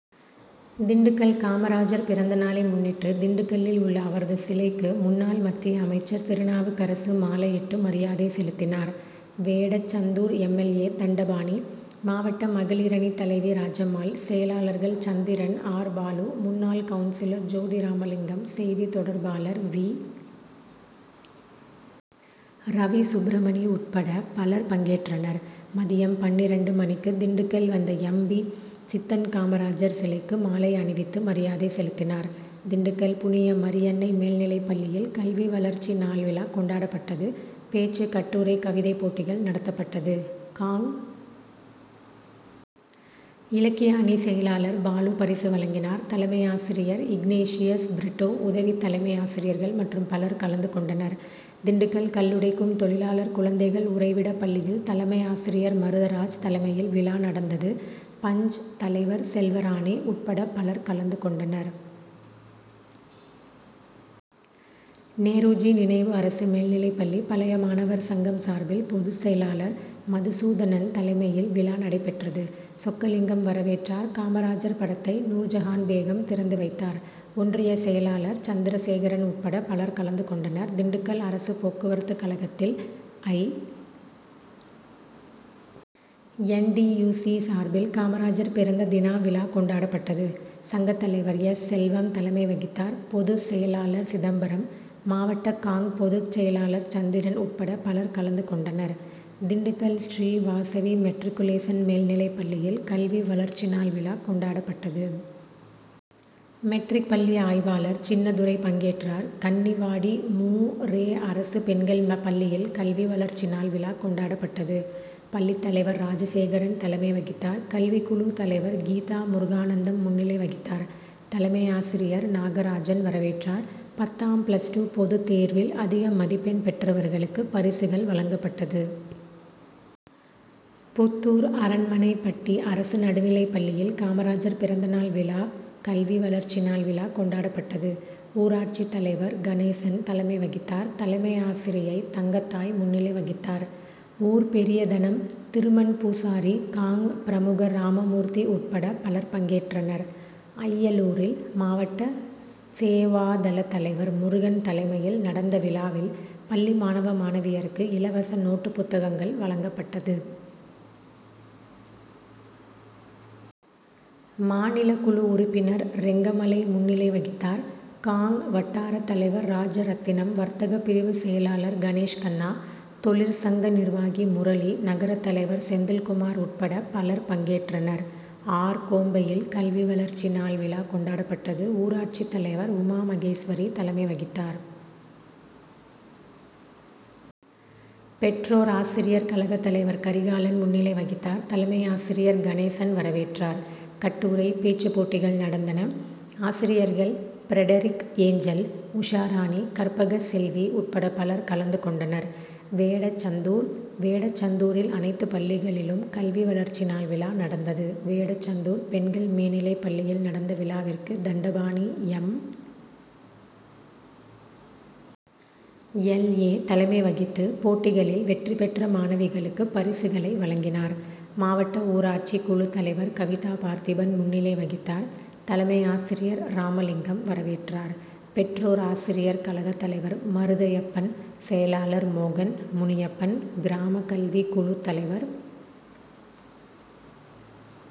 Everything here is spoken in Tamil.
திண்டுக்கல் காமராஜர் பிறந்த நாளை முன்னிட்டு திண்டுக்கல்லில் உள்ள அவரது சிலைக்கு முன்னாள் மத்திய அமைச்சர் திருநாவுக்கரசு மாலையிட்டு மரியாதை செலுத்தினார். Vedasandur M. L. A., Thandapani, மாவட்ட மகளிரணி தலைவி ராஜம்மாள், செயலாளர்கள் சந்திரன், ஆர். பாலு, முன்னாள் கவுன்சிலர் ஜோதிராமலிங்கம், செய்தி தொடர்பாளர் வி. ரவிசுப்ரமணி உட்பட பலர் பங்கேற்றனர். மதியம் பன்னிரண்டு மணிக்கு திண்டுக்கல் வந்த எம். பி.,சித்தன் காமராஜர் சிலைக்கு மாலை அணிவித்து மரியாதை செலுத்தினார். திண்டுக்கல் புனிய மரியன்னை மேல்நிலைப்பள்ளியில் கல்வி வளர்ச்சி நாள் விழா கொண்டாடப்பட்டது. பேச்சு, கட்டுரை, கவிதை போட்டிகள் நடத்தப்பட்டது. காங்., இலக்கிய அணி செயலாளர் பாலு பரிசு வழங்கினார். தலைமை ஆசிரியர் இக்னேஷியஸ் பிரிட்டோ உதவி தலைமை ஆசிரியர்கள் மற்றும் பலர் கலந்து கொண்டனர். திண்டுக்கல் கல்லுடைக்கும் தொழிலாளர் குழந்தைகள் உறைவிட பள்ளியில் தலைமை ஆசிரியர் மருதராஜ் தலைமையில் விழா நடந்தது. பஞ்., தலைவர் செல்வராணி உட்பட பலர் கலந்து கொண்டனர். நேருஜி நினைவு அரசு மேல்நிலைப்பள்ளி பழைய மாணவர் சங்கம் சார்பில் பொதுச் செயலாளர் மதுசூதனன் தலைமையில் விழா நடைபெற்றது. சொக்கலிங்கம் வரவேற்றார். காமராஜர் படத்தை நூர்ஜகான் பேகம் திறந்து வைத்தார். ஒன்றிய செயலாளர் சந்திர சேகரன் உட்பட பலர் கலந்து கொண்டனர். திண்டுக்கல் அரசு போக்குவரத்து கழகத்தில் I. N. T. U. C. சார்பில் காமராஜர் பிறந்த தினா விழா கொண்டாடப்பட்டது. சங்கத் தலைவர் எஸ். செல்வம் தலைமை வகித் தார். பொதுச் செயலாளர் சிதம்பரம், மாவட்ட காங்., பொதுச் செயலாளர் சந்திரன் உட்பட பலர் கலந்து கொண்டனர். திண்டுக்கல் ஸ்ரீ வாசவி மெட்ரிக் குலேசன் மேல்நிலைப்பள்ளியில் கல்வி வளர்ச்சிநாள் விழா கொண்டாடப்பட்டது. மெட்ரிக் பள்ளி ஆய்வாளர் சின்னதுரை பங்கேற்றார். கன்னிவாடி மூ. ரெ. அரசு பெண்கள் பள்ளியில் கல்வி வளர்ச்சி நாள் விழா கொண்டாடப்பட்டது. பள்ளித்தலைவர் ராஜசேகரன் தலைமை வகித்தார். கல்விக்குழு தலைவர் கீதா முருகானந்தம் முன்னிலை வகித்தார். தலைமை ஆசிரியர் நாகராஜன் வரவேற்றார். பத்தாம், பிளஸ் டூ பொது தேர்வில் அதிக மதிப்பெண் பெற்றவர்களுக்கு பரிசுகள் வழங்கப்பட்டது. புத்தூர் அரண்மனைப்பட்டி அரசு நடுநிலைப்பள்ளியில் காமராஜர் பிறந்த நாள் விழா, கல்வி வளர்ச்சி நாள் விழா கொண்டாடப்பட்டது. ஊராட்சித் தலைவர் கணேசன் தலைமை வகித்தார். தலைமை ஆசிரியை தங்கத்தாய் முன்னிலை வகித்தார். ஊர் பெரியதனம் திருமன்பூசாரி, காங். பிரமுகர் ராமமூர்த்தி உட்பட பலர் பங்கேற்றனர். அய்யலூரில் மாவட்ட சேவாதள தலைவர் முருகன் தலைமையில் நடந்த விழாவில் பள்ளி மாணவ, மாணவியருக்கு இலவச நோட்டுபுத்தகங்கள் வழங்கப்பட்டது. மாநில குழு உறுப்பினர் ரெங்கமலை முன்னிலை வகித்தார். காங். வட்டார தலைவர் ராஜரத்தினம், வர்த்தக பிரிவு செயலாளர் கணேஷ்கண்ணா, தொழிற்சங்க நிர்வாகி முரளி, நகரத் தலைவர் செந்தில்குமார் உட்பட பலர் பங்கேற்றனர். ஆர். கோம்பையில் கல்வி வளர்ச்சி நாள் விழா கொண்டாடப்பட்டது. ஊராட்சி தலைவர் உமாமகேஸ்வரி தலைமை வகித்தார். பெற்றோர் ஆசிரியர் கழக தலைவர் கரிகாலன் முன்னிலை வகித்தார். தலைமை ஆசிரியர் கணேசன் வரவேற்றார். கட்டுரை, பேச்சு போட்டிகள் நடந்தன. ஆசிரியர்கள் பிரடெரிக் ஏஞ்சல், உஷாராணி, கற்பகசெல்வி உட்பட பலர் கலந்துகொண்டனர். வேடசந்தூர்: வேடசந்தூரில் அனைத்து பள்ளிகளிலும் கல்வி வளர்ச்சி நாள் விழா நடந்தது. வேடசந்தூர் பெண்கள் மேனிலைப்பள்ளியில் நடந்த விழாவிற்கு தண்டபாணி எம். எல். ஏ. தலைமை வகித்து போட்டிகளில் வெற்றி பெற்ற மாணவிகளுக்கு பரிசுகளை வழங்கினார். மாவட்ட ஊராட்சி குழு தலைவர் கவிதா பார்த்திபன் முன்னிலை வகித்தார். தலைமை ஆசிரியர் ராமலிங்கம் வரவேற்றார். பெற்றோர் ஆசிரியர் கழக தலைவர் மருதையப்பன், செயலாளர் மோகன், முனியப்பன், கிராம கல்வி குழு தலைவர்